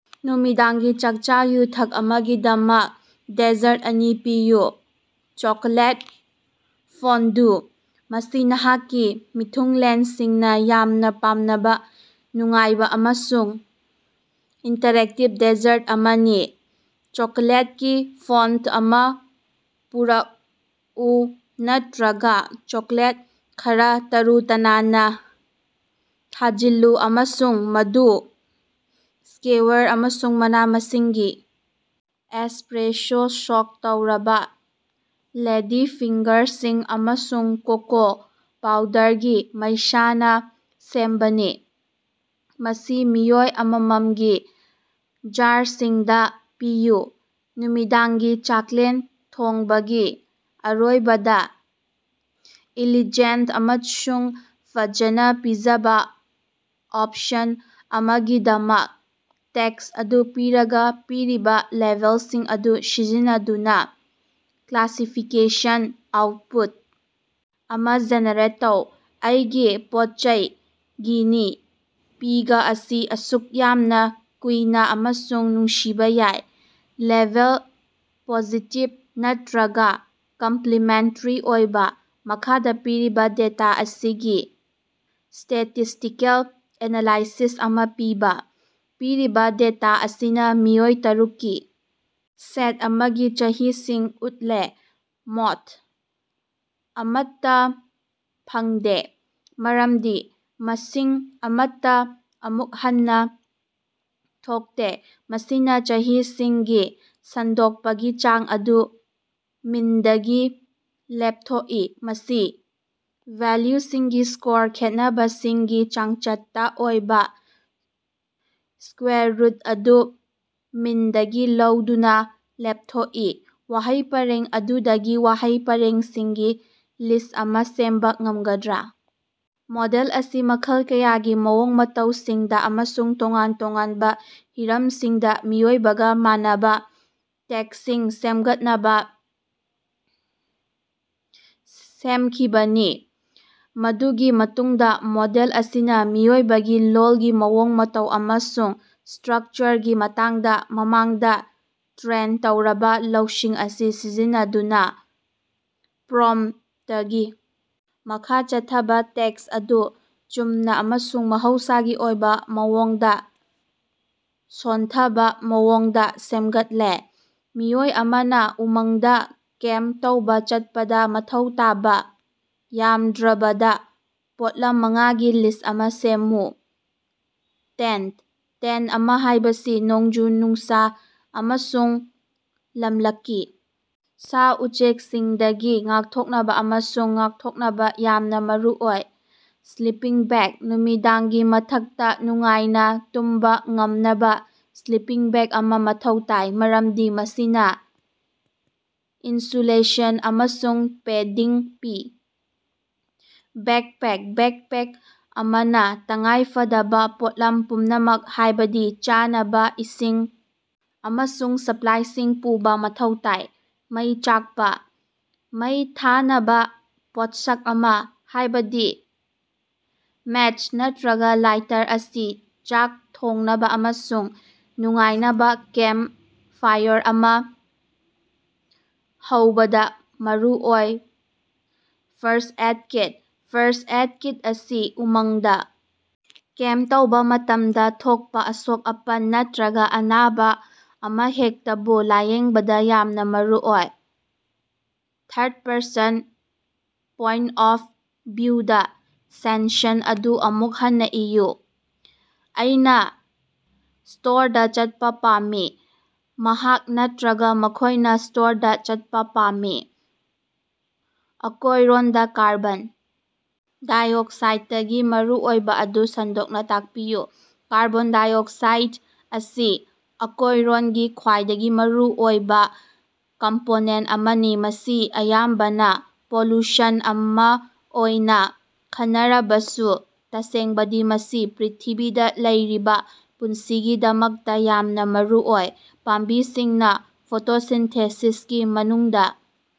ꯅꯨꯃꯤꯗꯥꯡꯒꯤ ꯆꯥꯛꯆꯥ-ꯌꯨꯊꯛ ꯑꯃꯒꯤꯗꯃꯛ ꯗꯦꯖꯔꯠ ꯑꯅꯤ ꯄꯤꯌꯨ꯫ ꯆꯣꯀꯣꯂꯦꯠ ꯐꯣꯟꯗꯨ: ꯃꯁꯤ ꯅꯍꯥꯛꯀꯤ ꯃꯤꯊꯨꯡꯂꯦꯟꯁꯤꯡꯅ ꯌꯥꯝꯅ ꯄꯥꯝꯅꯕ ꯅꯨꯡꯉꯥꯏꯕ ꯑꯃꯁꯨꯡ ꯏꯟꯇꯔꯦꯛꯇꯤꯕ ꯗꯦꯖꯔꯠ ꯑꯃꯅꯤ꯫ ꯆꯣꯀꯣꯂꯦꯠꯀꯤ ꯐꯣꯟꯠ ꯑꯃ ꯄꯨꯔꯛꯎ ꯅꯠꯇ꯭ꯔꯒ ꯆꯣꯀꯣꯂꯦꯠ ꯈꯔꯥ ꯇꯔꯨ ꯇꯅꯥꯟꯅ ꯊꯖꯤꯜꯂꯨ ꯑꯃꯁꯨꯡ ꯃꯗꯨ ꯁ꯭ꯀꯦꯋꯔ ꯑꯃꯁꯨꯡ ꯃꯅꯥ-ꯃꯁꯤꯡꯒꯤ ꯑꯦꯁꯄ꯭ꯔꯦꯁꯣ ꯁꯣꯛ ꯇꯧꯔꯕ ꯂꯦꯗꯤꯐꯤꯡꯒꯔꯁꯤꯡ, ꯑꯃꯁꯨꯡ ꯀꯣꯀꯣ ꯄꯥꯎꯗꯔꯒꯤ ꯃꯩꯁꯥꯅ ꯁꯦꯝꯕꯅꯤ꯫ ꯃꯁꯤ ꯃꯤꯑꯣꯏ ꯑꯃꯃꯝꯒꯤ ꯖꯥꯔꯁꯤꯡꯗ ꯄꯤꯌꯨ, ꯅꯨꯃꯤꯗꯥꯡꯒꯤ ꯆꯥꯛꯂꯦꯟ ꯊꯣꯡꯕꯒꯤ ꯑꯔꯣꯏꯕꯗ ꯏꯂꯤꯖꯦꯟꯠ ꯑꯃꯁꯨꯡ ꯐꯖꯅ ꯄꯤꯖꯕ ꯑꯣꯄꯁꯟ ꯑꯃꯒꯤꯗꯃꯛ꯫ ꯇꯦꯛꯁ ꯑꯗꯨ ꯄꯤꯔꯒ, ꯄꯤꯔꯤꯕ ꯂꯦꯕꯦꯜꯁꯤꯡ ꯑꯗꯨ ꯁꯤꯖꯤꯟꯅꯗꯨꯅ ꯀ꯭ꯂꯥꯁꯤꯐꯤꯀꯦꯁꯟ ꯑꯥꯎꯠꯄꯨꯠ ꯑꯃ ꯖꯦꯅꯦꯔꯦꯠ ꯇꯧ꯫ ꯑꯩꯒꯤ ꯄꯣꯠꯆꯩ ꯒꯤꯅꯤ ꯄꯤꯒ ꯑꯁꯤ ꯑꯁꯨꯛ ꯌꯥꯝꯅ ꯀꯨꯏꯅ ꯑꯃꯁꯨꯡ ꯅꯨꯡꯁꯤꯕ ꯌꯥꯏ꯫ ꯂꯦꯕꯦꯜ: ꯄꯣꯖꯤꯇꯤꯕ ꯅꯥꯠꯇ꯭ꯔꯒ ꯀꯝꯄ꯭ꯂꯤꯃꯦꯟꯇꯔꯤ ꯑꯣꯏꯕ꯫ ꯃꯈꯥꯗ ꯄꯤꯔꯤꯕ ꯗꯦꯇꯥ ꯑꯁꯤꯒꯤ ꯁ꯭ꯇꯦꯇꯤꯁ꯭ꯇꯤꯀꯦꯜ ꯑꯦꯅꯥꯂꯥꯏꯁꯤꯁ ꯑꯃ ꯄꯤꯕ꯫ ꯄꯤꯔꯤꯕ ꯗꯦꯇꯥ ꯑꯁꯤꯅ ꯃꯤꯑꯣꯏ ꯇꯔꯨꯛ ꯀꯤ ꯁꯦꯠ ꯑꯃꯒꯤ ꯆꯍꯤꯁꯤꯡ ꯎꯠꯂꯤ꯫ ꯃꯣꯗ: ꯑꯃꯠꯇ ꯐꯪꯗꯦ, ꯃꯔꯝꯗꯤ ꯃꯁꯤꯡ ꯑꯃꯠꯇ ꯑꯃꯨꯛ ꯍꯟꯅ ꯊꯣꯛꯇꯦ꯫ ꯃꯁꯤꯅ ꯆꯍꯤꯁꯤꯡꯒꯤ ꯁꯟꯗꯣꯛꯄꯒꯤ ꯆꯥꯡ ꯑꯗꯨ ꯃꯤꯅꯗꯒꯤ ꯂꯦꯞꯊꯣꯛꯏ꯫ ꯃꯁꯤ ꯚꯦꯂ꯭ꯌꯨꯁꯤꯡꯒꯤ ꯁ꯭ꯀꯣꯌꯔ ꯈꯦꯠꯅꯕꯁꯤꯡꯒꯤ ꯆꯥꯡꯆꯠꯇ ꯑꯣꯏꯕ ꯁ꯭ꯀꯋꯦꯔ ꯔꯨꯠ ꯑꯗꯨ ꯃꯤꯟꯗꯒꯤ ꯂꯧꯗꯨꯅ ꯂꯦꯞꯊꯣꯛꯏ꯫ ꯋꯥꯍꯩ ꯄꯔꯦꯡ ꯑꯗꯨꯗꯒꯤ ꯋꯥꯍꯩ ꯄꯔꯦꯡꯁꯤꯡꯒꯤ ꯂꯤꯁ ꯑꯃ ꯁꯦꯝꯕ ꯉꯝꯒꯗ꯭ꯔꯥ? ꯃꯣꯗꯦꯜ ꯑꯁꯤ ꯃꯈꯜ ꯀꯌꯥꯒꯤ ꯃꯑꯣꯡ ꯃꯇꯧꯁꯤꯡꯗ ꯑꯃꯁꯨꯡ ꯇꯣꯉꯥꯟ ꯇꯣꯉꯥꯟꯕ ꯍꯤꯔꯝꯁꯤꯡꯗ ꯃꯤꯑꯣꯏꯕꯒ ꯃꯥꯟꯅꯕ ꯇꯦꯛꯁꯁꯤꯡ ꯁꯦꯝꯒꯠꯅꯕ ꯁꯦꯝꯈꯤꯕꯅꯤ꯫ ꯃꯗꯨꯒꯤ ꯃꯇꯨꯡꯗ ꯃꯣꯗꯦꯜ ꯑꯁꯤꯅ ꯃꯤꯑꯣꯏꯕꯒꯤ ꯂꯣꯜꯒꯤ ꯃꯑꯣꯡ ꯃꯇꯧ ꯑꯃꯁꯨꯡ ꯁ꯭ꯇꯔꯛꯆꯔꯒꯤ ꯃꯇꯥꯡꯗ ꯃꯃꯥꯡꯗ ꯇ꯭ꯔꯦꯟ ꯇꯧꯔꯕ ꯂꯧꯁꯤꯡ ꯑꯁꯤ ꯁꯤꯖꯤꯟꯅꯗꯨꯅ ꯄ꯭ꯔꯣꯝꯞꯇꯒꯤ ꯃꯈꯥ ꯆꯠꯊꯕ ꯇꯦꯛꯁ ꯑꯗꯨ ꯆꯨꯝꯅ ꯑꯃꯁꯨꯡ ꯃꯍꯧꯁꯥꯒꯤ ꯑꯣꯏꯕ ꯃꯑꯣꯡꯗ ꯁꯣꯟꯊꯕ ꯃꯑꯣꯡꯗ ꯁꯦꯝꯒꯠꯂꯤ꯫ ꯃꯤꯑꯣꯏ ꯑꯃꯅ ꯎꯃꯪꯗ ꯀꯦꯝꯞ ꯇꯧꯕ ꯆꯠꯄꯗ ꯃꯊꯧ ꯇꯥꯕ ꯌꯥꯝꯗ꯭ꯔꯕꯗ ꯄꯣꯠꯂꯝ ꯃꯉꯥꯒꯤ ꯂꯤꯁ ꯑꯃ ꯁꯦꯝꯃꯨ꯫ ꯇꯦꯟꯠ: ꯇꯦꯟꯠ ꯑꯃ ꯍꯥꯏꯕꯁꯤ ꯅꯣꯡꯖꯨ-ꯅꯨꯡꯁꯥ ꯑꯃꯁꯨꯡ ꯂꯝꯂꯛꯀꯤ ꯁꯥ-ꯎꯆꯦꯛꯁꯤꯡꯗꯒꯤ ꯉꯥꯛꯊꯣꯛꯅꯕ ꯑꯃꯁꯨꯡ ꯉꯥꯛꯊꯣꯛꯅꯕ ꯌꯥꯝꯅ ꯃꯔꯨꯑꯣꯏ꯫ ꯁ꯭ꯂꯤꯄꯤꯡ ꯕꯦꯒ: ꯅꯨꯃꯤꯗꯥꯡꯒꯤ ꯃꯇꯛꯗ ꯅꯨꯡꯉꯥꯏꯅ ꯇꯨꯝꯕ ꯉꯝꯅꯕ ꯁ꯭ꯂꯤꯄꯤꯡ ꯕꯦꯒ ꯑꯃ ꯃꯊꯧ ꯇꯥꯏ, ꯃꯔꯝꯗꯤ ꯃꯁꯤꯅ ꯏꯟꯁꯨꯂꯦꯁꯟ ꯑꯃꯁꯨꯡ ꯄꯦꯗꯤꯡ ꯄꯤ꯫ ꯕꯦꯛꯄꯦꯛ: ꯕꯦꯛꯄꯦꯛ ꯑꯃꯅ ꯇꯉꯥꯏꯐꯗꯕ ꯄꯣꯠꯂꯝ ꯄꯨꯝꯅꯃꯛ, ꯍꯥꯏꯕꯗꯤ ꯆꯥꯅꯕ, ꯏꯁꯤꯡ, ꯑꯃꯁꯨꯡ ꯁꯄ꯭ꯂꯥꯏꯁꯤꯡ ꯄꯨꯕ ꯃꯊꯧ ꯇꯥꯏ꯫ ꯃꯩ ꯆꯥꯛꯄ: ꯃꯩ ꯊꯥꯅꯕ ꯄꯣꯠꯁꯛ ꯑꯃ, ꯍꯥꯏꯕꯗꯤ ꯃꯦꯆ ꯅꯠꯇ꯭ꯔꯒ ꯂꯥꯏꯇꯔ ꯑꯁꯤ ꯆꯥꯛ ꯊꯣꯡꯅꯕ ꯑꯃꯁꯨꯡ ꯅꯨꯡꯉꯥꯏꯅꯕ ꯀꯦꯝꯞ ꯐꯥꯏꯑꯔ ꯑꯃ ꯍꯧꯕꯗ ꯃꯔꯨꯑꯣꯏ first aid kit: first aid kit ꯑꯁꯤ ꯎꯃꯪꯗ ꯀꯦꯝꯞ ꯇꯧꯕ ꯃꯇꯝꯗ ꯊꯣꯛꯄ ꯑꯁꯣꯛ-ꯑꯄꯟ ꯅꯠꯇ꯭ꯔꯒ ꯑꯅꯥꯕ ꯑꯃꯍꯦꯛꯇꯕꯨ ꯂꯥꯌꯦꯡꯕꯗ ꯌꯥꯝꯅ ꯃꯔꯨꯑꯣꯏ꯫ ꯊꯥꯔꯗ ꯄꯔꯁꯟ ꯄꯣꯏꯟꯠ ꯑꯣꯐ ꯚꯤꯎꯗ ꯁꯦꯟꯁꯟ ꯑꯗꯨ ꯑꯃꯨꯛ ꯍꯟꯅ ꯏꯌꯨ꯫ ꯑꯩꯅ ꯁ꯭ꯇꯣꯔꯗ ꯆꯠꯄ ꯄꯥꯝꯃꯤ꯫ ꯃꯍꯥꯛ ꯅꯠꯇ꯭ꯔꯒ ꯃꯈꯣꯏꯅ ꯁ꯭ꯇꯣꯔꯗ ꯆꯠꯄ ꯄꯥꯝꯃꯤ꯫ ꯑꯀꯣꯏꯔꯣꯟꯗ ꯀꯥꯔꯕꯣꯟ ꯗꯥꯏꯑꯣꯛꯁꯥꯏꯗꯀꯤ ꯃꯔꯨꯑꯣꯏꯕ ꯑꯗꯨ ꯁꯟꯗꯣꯛꯅ ꯇꯥꯛꯄꯤꯌꯨ꯫ ꯀꯥꯔꯕꯣꯟ ꯗꯥꯏꯑꯣꯛꯁꯥꯏꯗ ꯑꯁꯤ ꯑꯀꯣꯌꯔꯣꯟꯒꯤ ꯈ꯭ꯋꯥꯏꯗꯒꯤ ꯃꯔꯨꯑꯣꯏꯕ ꯀꯝꯄꯣꯅꯦꯟꯠ ꯑꯃꯅꯤ꯫ ꯃꯁꯤ ꯑꯌꯥꯝꯕꯅ ꯄꯣꯂꯨꯁꯟ ꯑꯃ ꯑꯣꯏꯅ ꯈꯟꯅꯔꯕꯁꯨ, ꯇꯁꯦꯡꯕꯗꯤ ꯃꯁꯤ ꯄ꯭ꯔꯤꯊꯤꯕꯤꯗ ꯂꯩꯔꯤꯕ ꯄꯨꯟꯁꯤꯒꯤꯗꯃꯛꯇ ꯌꯥꯝꯅ ꯃꯔꯨꯑꯣꯏ꯫ ꯄꯥꯝꯕꯤꯁꯤꯡꯅ ꯐꯣꯇꯣꯁꯤꯟꯊꯦꯁꯤꯁꯀꯤ ꯃꯅꯨꯡꯗ꯫